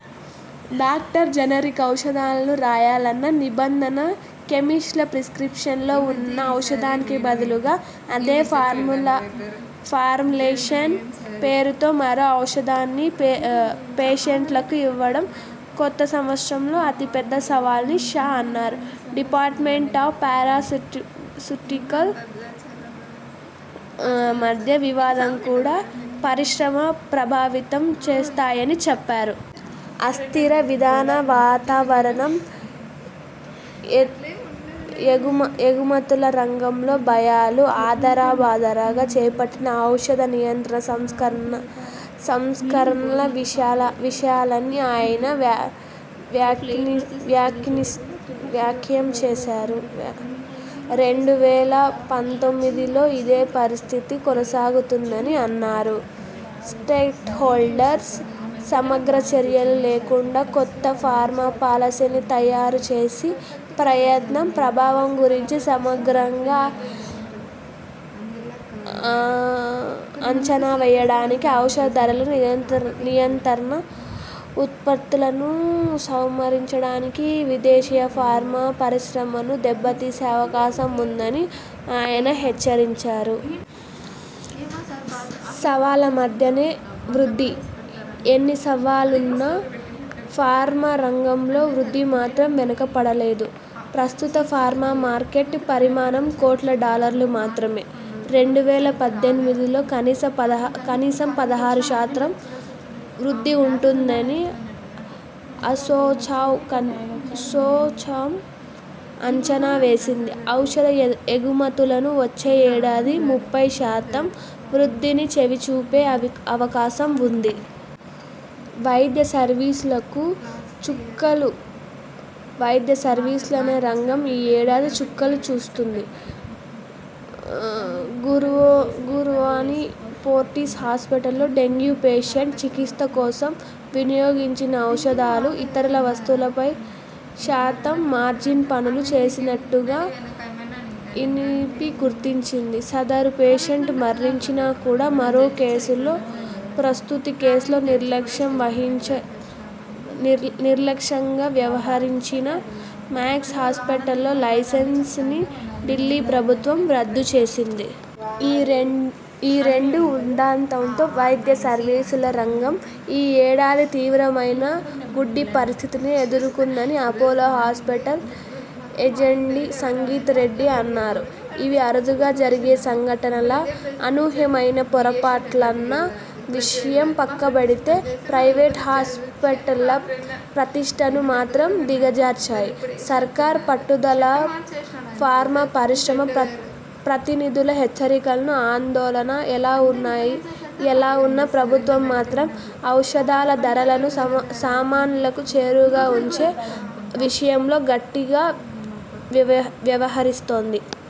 డాక్టర్లు జనరిక్ ఔషధాలు రాయాలన్న నిబంధన, కెమిస్టులు ప్రిస్ర్కిప్షన్లో ఉన్న ఔషధానికి బదులు అదే ఫార్ములేషన్ పేరుతో మరో ఔషధాన్ని పేషెంట్లకు ఇవ్వడంకొత్త సంవత్సరంలో అతి పెద్ద సవాళ్లని షా అన్నారు. డిపార్ట్మెంట్ ఆఫ్ ఫార్మాస్యూటికల్స్, ఎన్పిపిఎ మధ్య వివాదం కూడా పరిశ్రమను ప్రభావితం చేస్తాయని చెప్పారు. అస్థిర విధాన వాతావరణం, ఎగుమతుల రంగంలోని భయాలు, ఆదరబాదరాగా చేపట్టిన ఔషధ నియంత్రణ సంస్కరణలు విశేషాలని ఆయన వ్యాఖ్యానించారు. రెండు వేల పద్దెనిమిదిలోనూ ఇదే పరిస్థితి కొనసాగుతుందని అన్నారు. స్టేక్ హోల్డర్లతో సమగ్ర చర్చలు లేకుండానే కొత్త ఫార్మా పాలసీని తయారు చేసే ప్రయత్నం, ప్రభావం గురించి సమగ్రంగా అంచనావేయకుండానే ఔషధ ధరల నియంత్రణ ఉత్తర్వులను సవరించడం దేశీయ ఫార్మా పరిశ్రమను దెబ్బతీసే అవకాశం ఉందని ఆయన హెచ్చరించారు. సవాళ్లమధ్యనే వృద్ధి.. ఎన్ని సవాళ్లున్నా ఫార్మా రంగంలో వృద్ధి మాత్రం వెనకబడలేదు. ప్రస్తుతం ఫార్మా మార్కెట్ పరిమాణం కోట్ల డాలర్లు మాత్రమే. రెండు వేల పద్దెనిమిదిలో కనీసం పదహారు శాతం వృద్ధి ఉంటుందని అసోచామ్ అంచనావేసింది. ఔషధ ఎగుమతులు వచ్చే ఏడాది ముప్పై శాతం వృద్ధిని చవిచూసే అవకాశం ఉంది. వైద్య సర్వీసులకు చుక్కలు వైద్య సర్వీసుల రంగం ఈ ఏడాది చుక్కలు చూసింది. గుర్గావ్లోని ఫోర్టిస్ హాస్పిటల్ డెంగ్యూ పేషెంట్ చికిత్స కోసం వినియోగించిన ఔషధాలు, ఇతర వస్తువులపై శాతం మార్జిన్ వసూలు చేసినట్టుగా ఎన్పిపిఎ గుర్తించింది. సద రు పేషెంట్ మరణించాడు కూడా. మరో కేసులో ప్రసూతి కేసులో నిర్లక్ష్యంగా వ్యవహరించిన మాక్స్ హాస్పిటల్ లైసెన్స్ను ఢిల్లీ ప్రభుత్వం రద్దు చేసింది. ఈ రెండు ఉదంతాలతో వైద్య సర్వీసుల రంగం ఈ ఏడాది తీవ్రమైన గడ్డు పరిస్థితినే ఎదుర్కొందని Apollo hospitals JMD Sangita Reddy అన్నారు. ఇవి అరుదుగా జరిగే సంఘటనలా, అనూహ్యమైన పొరపాట్లా అన్న విషయం పక్కనబెడితే ప్రైవేట్ హాస్పిటల్స్ ప్రతిష్ఠను మాత్రం దిగజార్చాయి. సర్కారు పట్టుదలఫార్మా పరిశ్రమ, ప్రతినిధుల హెచ్చరికలు, ఆందోళనలు ఎలా ఉన్నా ప్రభుత్వం మాత్రం ఔషధ ధరలను సామాన్యులకు చేరువగా ఉంచే విషయంలో గట్టిగానే వ్యవహరిస్తోంది.